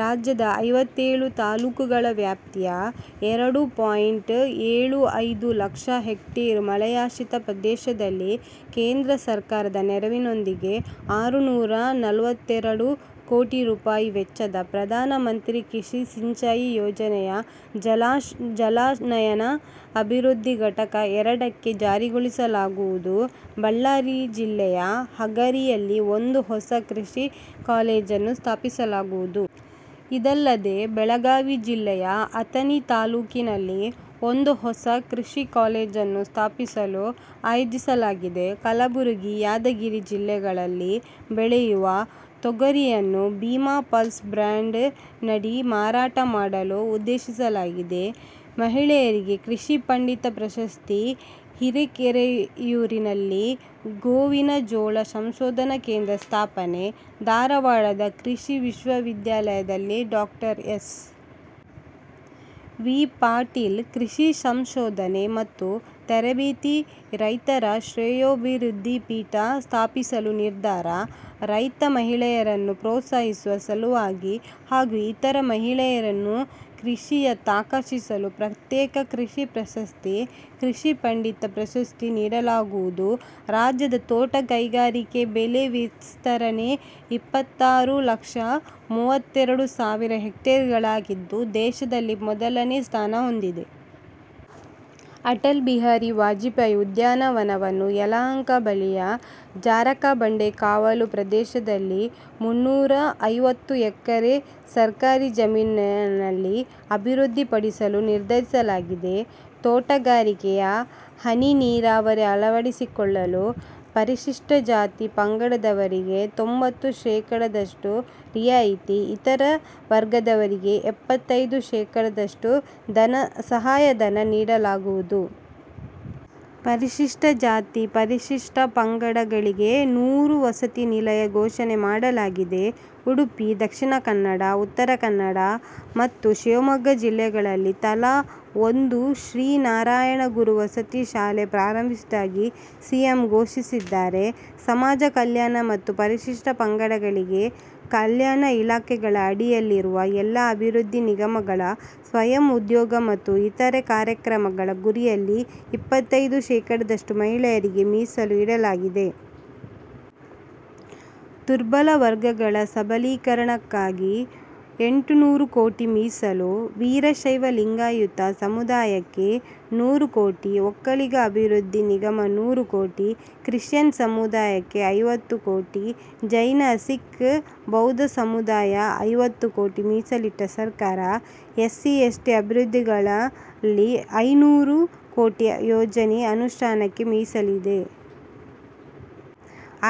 ರಾಜ್ಯದ ಐವತ್ತೇಳು ತಾಲೂಕುಗಳ ವ್ಯಾಪ್ತಿಯ ಎರಡು ಪಾಯಿಂಟ್ ಏಳು ಐದು ಲಕ್ಷ ಹೆಕ್ಟೇರ್ ಮಳೆಯಾಶ್ರಿತ ಪ್ರದೇಶದಲ್ಲಿ ಕೇಂದ್ರ ಸರ್ಕಾರದ ನೆರವಿನೊಂದಿಗೆ ಆರುನೂರಾ ನಲವತ್ತೆರಡು ಕೋಟಿ ರುಪಾಯಿ ವೆಚ್ಚದಲ್ಲಿ ಪ್ರಧಾನ ಮಂತ್ರಿ ಕೃಷಿ ಸಿಂಚಾಯಿ ಯೋಜನೆಯ ಜಲಾನಯನ ಅಭಿವೃದ್ಧಿ ಘಟಕ ಎರಡಕ್ಕೆ ಜಾರಿಗೊಳಿಸಲಾಗುವುದು. ಬಳ್ಳಾರಿ ಜಿಲ್ಲೆಯ ಹಗರಿಯಲ್ಲಿ ಒಂದು ಹೊಸ ಕೃಷಿ ಕಾಲೇಜನ್ನು ಸ್ಥಾಪಿಸಲಾಗುವುದು. ಇದಲ್ಲದೆ ಬೆಳಗಾವಿ ಜಿಲ್ಲೆಯ ಅಥಣಿ ತಾಲೂಕಿನಲ್ಲಿ ಒಂದು ಹೊಸ ಕೃಷಿ ಕಾಲೇಜನ್ನು ಸ್ಥಾಪಿಸಲು ಯೋಜಿಸಲಾಗಿದೆ. ಕಲಬುರಗಿ, ಯಾದಗಿರಿ ಜಿಲ್ಲೆಗಳಲ್ಲಿ ಬೆಳೆಯುವ ತೊಗರಿಯನ್ನು ಭೀಮಾ ಪಲ್ಸ್ ಬ್ರ್ಯಾಂಡ್ ನಡಿ ಮಾರಾಟ ಮಾಡಲು ಉದ್ದೇಶಿಸಲಾಗಿದೆ. ಮಹಿಳೆಯರಿಗೆ 'ಕೃಷಿ ಪಂಡಿತ' ಪ್ರಶಸ್ತಿ ಹಿರೇಕೆರೂರಿನಲ್ಲಿ ಗೋವಿನಜೋಳ ಸಂಶೋಧನಾ ಕೇಂದ್ರ ಸ್ಥಾಪನೆ, ಧಾರವಾಡದ ಕೃಷಿ ವಿಶ್ವವಿದ್ಯಾಲಯದಲ್ಲಿ ಡಾಕ್ಟರ್ ಎಸ್. ವಿ. ಪಾಟೀಲ್ ಕೃಷಿ ಸಂಶೋಧನೆ ಮತ್ತು ತರಬೇತಿ, ರೈತರ ಶ್ರೆಯೋಭಿವೃದ್ಧಿ ಪೀಠ ಸ್ಥಾಪಿಸಲು ನಿರ್ಧಾರ, ರೈತ ಮಹಿಳೆಯರನ್ನು ಪ್ರೋತ್ಸಾಹಿಸುವ ಸಲುವಾಗಿ ಹಾಗೂ ಇತರ ಮಹಿಳೆಯರನ್ನು ಕೃಷಿಯತ್ತ ಆಕರ್ಷಿಸಲು ಪ್ರತ್ಯೇಕ ಕೃಷಿ ಪ್ರಶಸ್ತಿ, ಕೃಷಿ ಪಂಡಿತ ಪ್ರಶಸ್ತಿ ನೀಡಲಾಗುವುದು. ರಾಜ್ಯದ ತೋಟಗಾರಿಕೆ ಬೆಳೆ ವಿಸ್ತರಣೆ ಇಪ್ಪತ್ತಾರು ಲಕ್ಷ ಮೂವತ್ತೆರಡು ಸಾವಿರ ಹೆಕ್ಟೇರ್ ಗಳಾಗಿದ್ದು, ದೇಶದಲ್ಲೇ ಮೊದಲನೇ ಸ್ಥಾನ ಹೊಂದಿದೆ. ಅಟಲ್ ಬಿಹಾರಿ ವಾಜಪೇಯಿ ಉದ್ಯಾನವನವನ್ನು ಯಲಹಂಕ ಬಳಿಯ ಜಾರಕಬಂಡೆ ಕಾವಲು ಪ್ರದೇಶದಲ್ಲಿ ಮುನ್ನೂರಾ ಐವತ್ತು ಎಕರೆ ಸರ್ಕಾರಿ ಜಮೀನಿನಲ್ಲಿ ಅಭಿವೃದ್ಧಿ ಪಡಿಸಲು ನಿರ್ಧರಿಸಲಾಗಿದೆ. ತೋಟಗಾರಿಕೆಯಲ್ಲಿ ಹನಿ ನೀರಾವರಿ ಅಳವಡಿಸಿಕೊಳ್ಳಲು ಪರಿಶಿಷ್ಟ ಜಾತಿ, ಪಂಗಡವರಿಗೆ ತೊಂಬತ್ತು ಶೇಕಡಾದಷ್ಟು ರಿಯಾಯಿತಿ, ಇತರ ವರ್ಗದವರಿಗೆ ಎಪ್ಪತೈದು ಶೇಕಡಾದಷ್ಟು ಸಹಾಯಧನ ನೀಡಲಾಗುವುದು. ಪರಿಶಿಷ್ಟ ಜಾತಿ, ಪರಿಶಿಷ್ಟ ಪಂಗಡಗಳಿಗೆ ನೂರು ವಸತಿ ನಿಲಯ ಘೋಷಣೆ ಮಾಡಲಾಗಿದೆ. ಉಡುಪಿ, ದಕ್ಷಿಣ ಕನ್ನಡ, ಉತ್ತರ ಕನ್ನಡ ಮತ್ತು ಶಿವಮೊಗ್ಗ ಜಿಲ್ಲೆಗಳಲ್ಲಿ ತಲಾ ಒಂದು ಶ್ರೀ ನಾರಾಯಣ ಗುರು ವಸತಿ ಶಾಲೆ ಪ್ರಾರಂಭಿಸುವುದಾಗಿ ಸಿಎಂ ಘೋಷಿಸಿದ್ದಾರೆ. ಸಮಾಜ ಕಲ್ಯಾಣ ಮತ್ತು ಪರಿಶಿಷ್ಟ ಪಂಗಡಗಳ ಕಲ್ಯಾಣ ಇಲಾಖೆಗಳ ಅಡಿಯಲ್ಲಿರುವ ಎಲ್ಲಾ ಅಭಿವೃದ್ಧಿ ನಿಗಮಗಳ ಸ್ವಯಂ ಉದ್ಯೋಗ ಮತ್ತು ಇತರೆ ಕಾರ್ಯಕ್ರಮಗಳ ಗುರಿಯಲ್ಲಿ ಇಪ್ಪತೈದು ಶೇಕಡಾದಷ್ಟು ಮಹಿಳೆಯರಿಗೆ ಮೀಸಲು ಇಡಲಾಗಿದೆ. ದುರ್ಬಲ ವರ್ಗಗಳ ಸಬಲೀಕರಣಕ್ಕಾಗಿ ಎಂಟುನೂರು ಕೋಟಿ ಮೀಸಲು, ವೀರಶೈವ ಲಿಂಗಾಯತ ಸಮುದಾಯಕ್ಕೆ ನೂರು ಕೋಟಿ, ಒಕ್ಕಲಿಗ ಅಭಿವೃದ್ಧಿ ನಿಗಮ ನೂರು ಕೋಟಿ, ಕ್ರಿಶ್ಚಿಯನ್ ಸಮುದಾಯಕ್ಕೆ ಐವತ್ತು ಕೋಟಿ, ಜೈನ, ಸಿಖ್, ಬೌದ್ದ ಸಮುದಾಯ ಐವತ್ತು ಕೋಟಿ ಮೀಸಲಿಟ್ಟ ಸರ್ಕಾರ. ಎಸ್ಸಿ ಎಸ್ಟಿ ಅಭಿವೃದ್ಧಿ ನಿಗಮಗಳಲ್ಲಿ ಐನೂರು ಕೋಟಿ ಯೋಜನೆ ಅನುಷ್ಠಾನಕ್ಕೆ ಮೀಸಲಿರಿಸಿದೆ.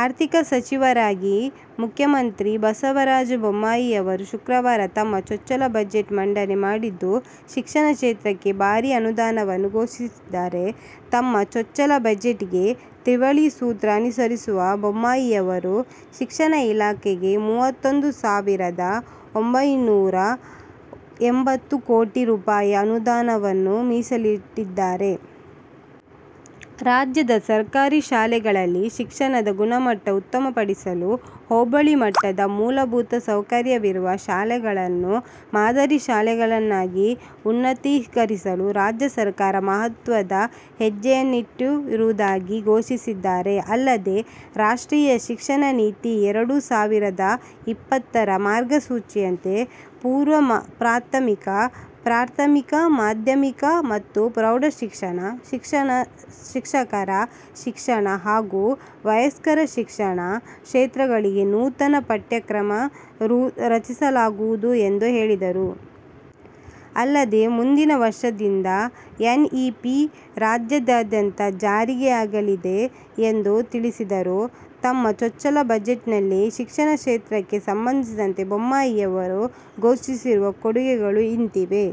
ಆರ್ಥಿಕ ಸಚಿವರಾಗಿ ಮುಖ್ಯಮಂತ್ರಿ ಬಸವರಾಜ ಬೊಮ್ಮಾಯಿಯವರು ಶುಕ್ರವಾರ ತಮ್ಮ ಚೊಚ್ಚಲ ಬಜೆಟ್ ಮಂಡನೆ ಮಾಡಿದ್ದು, ಶಿಕ್ಷಣ ಕ್ಷೇತ್ರಕ್ಕೆ ಭಾರೀ ಅನುದಾನವನ್ನು ಘೋಷಿಸಿದ್ದಾರೆ. ತಮ್ಮ ಚೊಚ್ಚಲ ಬಜೆಟ್ ಗೆ ತ್ರಿವಳಿ ಸೂತ್ರ ಅನುಸರಿಸಿರುವ ಬೊಮ್ಮಾಯಿಯವರು, ಶಿಕ್ಷಣ ಇಲಾಖೆಗೆ ಮೂವತ್ತೊಂದು ಸಾವಿರದ ಒಂಬೈನೂರಾ ಎಂಬತ್ತು ಕೋಟಿ ರುಪಾಯಿ ಅನುದಾನವನ್ನು ಮೀಸಲಿಟ್ಟಿದ್ದಾರೆ. ರಾಜ್ಯದ ಸರ್ಕಾರಿ ಶಾಲೆಗಳಲ್ಲಿ ಶಿಕ್ಷಣದ ಗುಣಮಟ್ಟ ಉತ್ತಮಪಡಿಸಲು ಹೋಬಳಿ ಮಟ್ಟದಲ್ಲಿ ಮೂಲಭೂತ ಸೌಕರ್ಯವಿರುವ ಶಾಲೆಗಳನ್ನು ಮಾದರಿ ಶಾಲೆಗಳನ್ನಾಗಿ ಉನ್ನತೀಕರಿಸಲು ರಾಜ್ಯ ಸರ್ಕಾರ ಮಹತ್ವದ ಹೆಜ್ಜೆಯನ್ನಿಟ್ಟಿರುವುದಾಗಿ ಘೋಷಿಸಿದ್ದಾರೆ. ಅಲ್ಲದೇ ರಾಷ್ಟ್ರೀಯ ಶಿಕ್ಷಣ ನೀತಿ ಎರಡು ಸಾವಿರದ ಇಪ್ಪತ್ತರ ಮಾರ್ಗಸೂಚಿಯಂತೆ ಪೂರ್ವ ಪ್ರಾಥಮಿಕ, ಪ್ರಾಥಮಿಕ, ಮಾಧ್ಯಮಿಕ ಮತ್ತು ಪ್ರೌಢಶಿಕ್ಷಣ, ಶಿಕ್ಷಕರ ಶಿಕ್ಷಣ ಹಾಗೂ ವಯಸ್ಕರ ಶಿಕ್ಷಣ ಕ್ಷೇತ್ರಗಳಿಗೆ ನೂತನ ಪಠ್ಯ ಕ್ರಮ ರಚಿಸಲಾಗುವುದು ಎಂದು ಹೇಳಿದರು. ಅಲ್ಲದೇ ಮುಂದಿನ ವರ್ಷದಿಂದ ಎನ್ ಇಪಿ ರಾಜ್ಯಾದ್ಯಂತ ಜಾರಿಯಾಗಲಿದೆ ಎಂದು ತಿಳಿಸಿದರು. ತಮ್ಮ ಚೊಚ್ಚಲ ಬಜೆಟ್ನಲ್ಲಿ ಶಿಕ್ಷಣ ಕ್ಷೇತ್ರಕ್ಕೆ ಸಂಬಂಧಿಸಿದಂತೆ ಬೊಮ್ಮಾಯಿಯವರು ಘೋಷಿಸಿರುವ ಕೊಡುಗೆಗಳು ಇಂತಿವೆ.